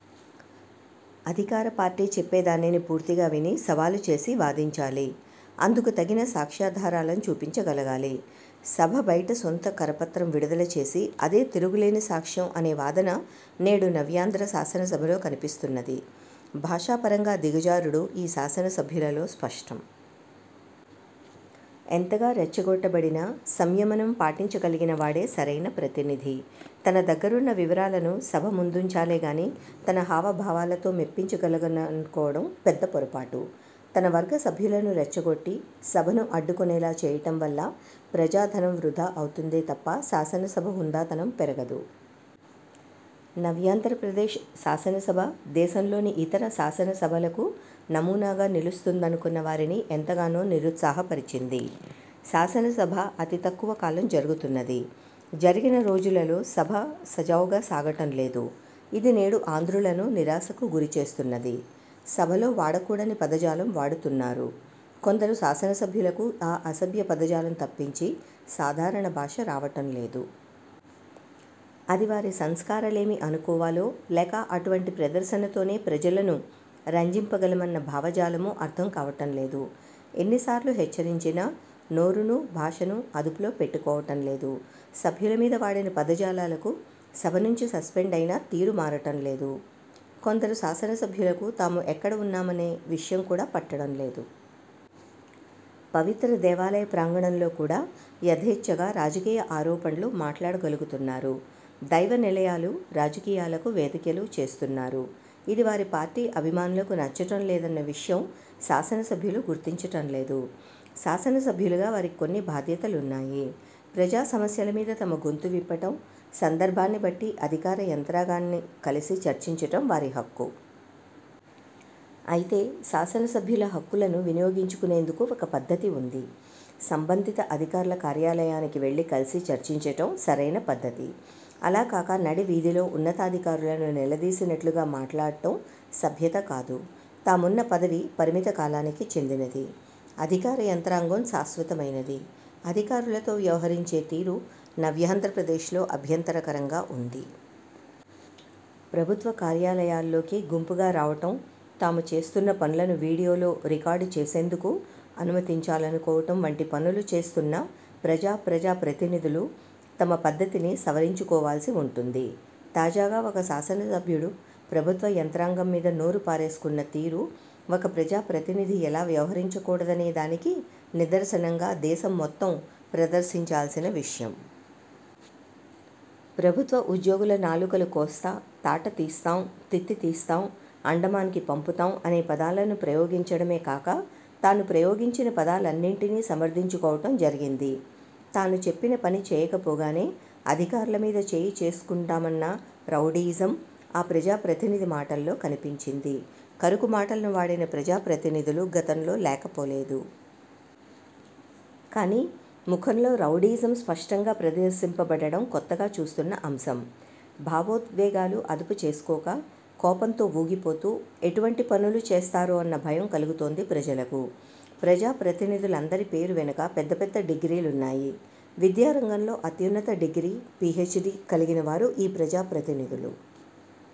అధికార పార్టీ చెప్పేదానిని పూర్తిగా విని, సవాలు చేసి వాదించాలి. అందుకు తగిన సాక్ష్యాధారాలను చూపించగలగాలి. సభ బయట సొంత కరపత్రం విడుదల చేసి అదే తిరుగులేని సాక్ష్యం అనే వాదన నేడు నవ్యాంధ్ర శాసనసభలో కనిపిస్తున్నది. భాషాపరంగా దిగజారుడు ఈ శాసన సభ్యులలో స్పష్టం. ఎంతగా రెచ్చగొట్టబడినా సంయమనం పాటించగలిగినవాడే సరైన ప్రతినిధి. తన దగ్గరున్న వివరాలను సభ ముందుంచాలే గానీ తన హావభావాలతో మెప్పించగలననుకోవడం పెద్ద పొరపాటు. తన వర్గ సభ్యులను రెచ్చగొట్టి, సభను అడ్డుకునేలా చేయటం వల్ల ప్రజాధనం వృధా అవుతుందే తప్ప శాసన సభ హుందాతనం పెరగదు. నవ్యాంధ్రప్రదేశ్ శాసనసభ దేశంలోని ఇతర శాసనసభలకు నమూనాగా నిలుస్తుందనుకున్న వారిని ఎంతగానో నిరుత్సాహపరిచింది. శాసనసభ అతి తక్కువ కాలం జరుగుతున్నది. జరిగిన రోజులలో సభ సజావుగా సాగటం లేదు. ఇది నేడు ఆంధ్రులను నిరాశకు గురిచేస్తున్నది. సభలో వాడకూడని పదజాలం వాడుతున్నారు. కొందరు శాసనసభ్యులకు ఆ అసభ్య పదజాలం తప్పించి సాధారణ భాష రావటం లేదు. అది వారి సంస్కారలేమి అనుకోవాలో లేక అటువంటి ప్రదర్శనతోనే ప్రజలను రంజింపగలమన్న భావజాలమో అర్థం కావటం లేదు. ఎన్నిసార్లు హెచ్చరించినా నోరును, భాషను అదుపులో పెట్టుకోవటం లేదు. సభ్యుల మీద వాడిన పదజాలాలకు సభ నుంచి సస్సెండయినా తీరు మారటం లేదు. కొందరు శాసనసభ్యులకు తాము ఎక్కడ ఉన్నామనే విషయం కూడా పట్టడం లేదు. పవిత్ర దేవాలయ ప్రాంగణంలో కూడా యధేచ్ఛగా రాజకీయ ఆరోపణలు మాట్లాడగలుగుతున్నారు. దైవ నిలయాలు రాజకీయాలకు వేదికలు చేస్తున్నారు. ఇది వారి పార్టీ అభిమానులకు నచ్చటం లేదన్న విషయం శాసనసభ్యులు గుర్తించటంలేదు. శాసన సభ్యులుగా వారికి కొన్ని బాధ్యతలున్నాయి. ప్రజా సమస్యల మీద తమ గొంతు విప్పటం, సందర్భాన్ని బట్టి అధికార యంత్రాంగాన్ని కలిసి చర్చించటం వారి హక్కు. అయితే శాసనసభ్యుల హక్కులను వినియోగించుకునేందుకు ఒక పద్ధతి వుంది. సంబంధిత అధికారుల కార్యాలయానికి వెళ్ళి కలసి చర్చించటం సరైన పద్ధతి. అలా కాక నడి వీధిలో ఉన్నతాధికారులను నిలదీసినట్లుగా మాట్లాడటం సభ్యత కాదు. తామున్న పదవి పరిమిత కాలానికి చెందినది. అధికార యంత్రాంగం శాశ్వతమైనది. అధికారులతో వ్యవహరించే తీరు నవ్యాంధ్రప్రదేశ్లో అభ్యంతరకరంగా వుంది. ప్రభుత్వ కార్యాలయాలలోకి గుంపుగా రావటం, తాము చేస్తున్న పనులను వీడియోలో రికార్డు చేసేందుకు అనుమతించాలనుకోవటం వంటి పనులు చేస్తున్న ప్రజా ప్రజాప్రతినిధులు తమ పద్ధతిని సవరించుకోవాల్సి వుంటుంది. తాజాగా ఒక శాసన సభ్యుడు ప్రభుత్వ యంత్రాంగం మీద నోరుపారేసుకున్న తీరు ఒక ప్రజాప్రతినిధి ఎలా వ్యవహరించకూడదనే దానికి నిదర్శనంగా దేశం మొత్తం ప్రదర్శించాల్సిన విషయం. ప్రభుత్వ ఉద్యోగుల నాలుకలు కోస్తా, తాట తీస్తాం, తిత్తి తీస్తాం, అండమాన్కి పంపుతాం అనే పదాలను ప్రయోగించడమే కాక తాను ప్రయోగించిన పదాలన్నింటినీ సమర్థించుకోవటం జరిగింది. తాను చెప్పిన పని చేయకపోగానే అధికారుల మీద చేయి చేసుచేసుకుంటామన్న రౌడీయిజం ఆ ప్రజాప్రతినిధి మాటలలో కనిపించింది. కరుకు మాటలను వాడిన ప్రజాప్రతినిధులు గతంలో లేకపోలేదు. కానీ ముఖంలో రౌడీయిజం స్పష్టంగా ప్రదర్శింపబడడం కొత్తగా చూస్తున్న అంశం. భావోద్వేగాలు అదుపు చేసుకోక, కోపంతో ఊగిపోతూ, ఎటువంటి పనులు చేస్తారోన్న భయం కలుగుతోంది ప్రజలకు. ప్రజాప్రతినిధులందరి పేరు వెనక పెద్ద పెద్ద డిగ్రీలున్నాయి. విద్యారంగంలో అత్యున్నత డిగ్రీ, పి. హెచ్. డి. కలిగిన వారు ఈ ప్రజా ప్రతినిధులు.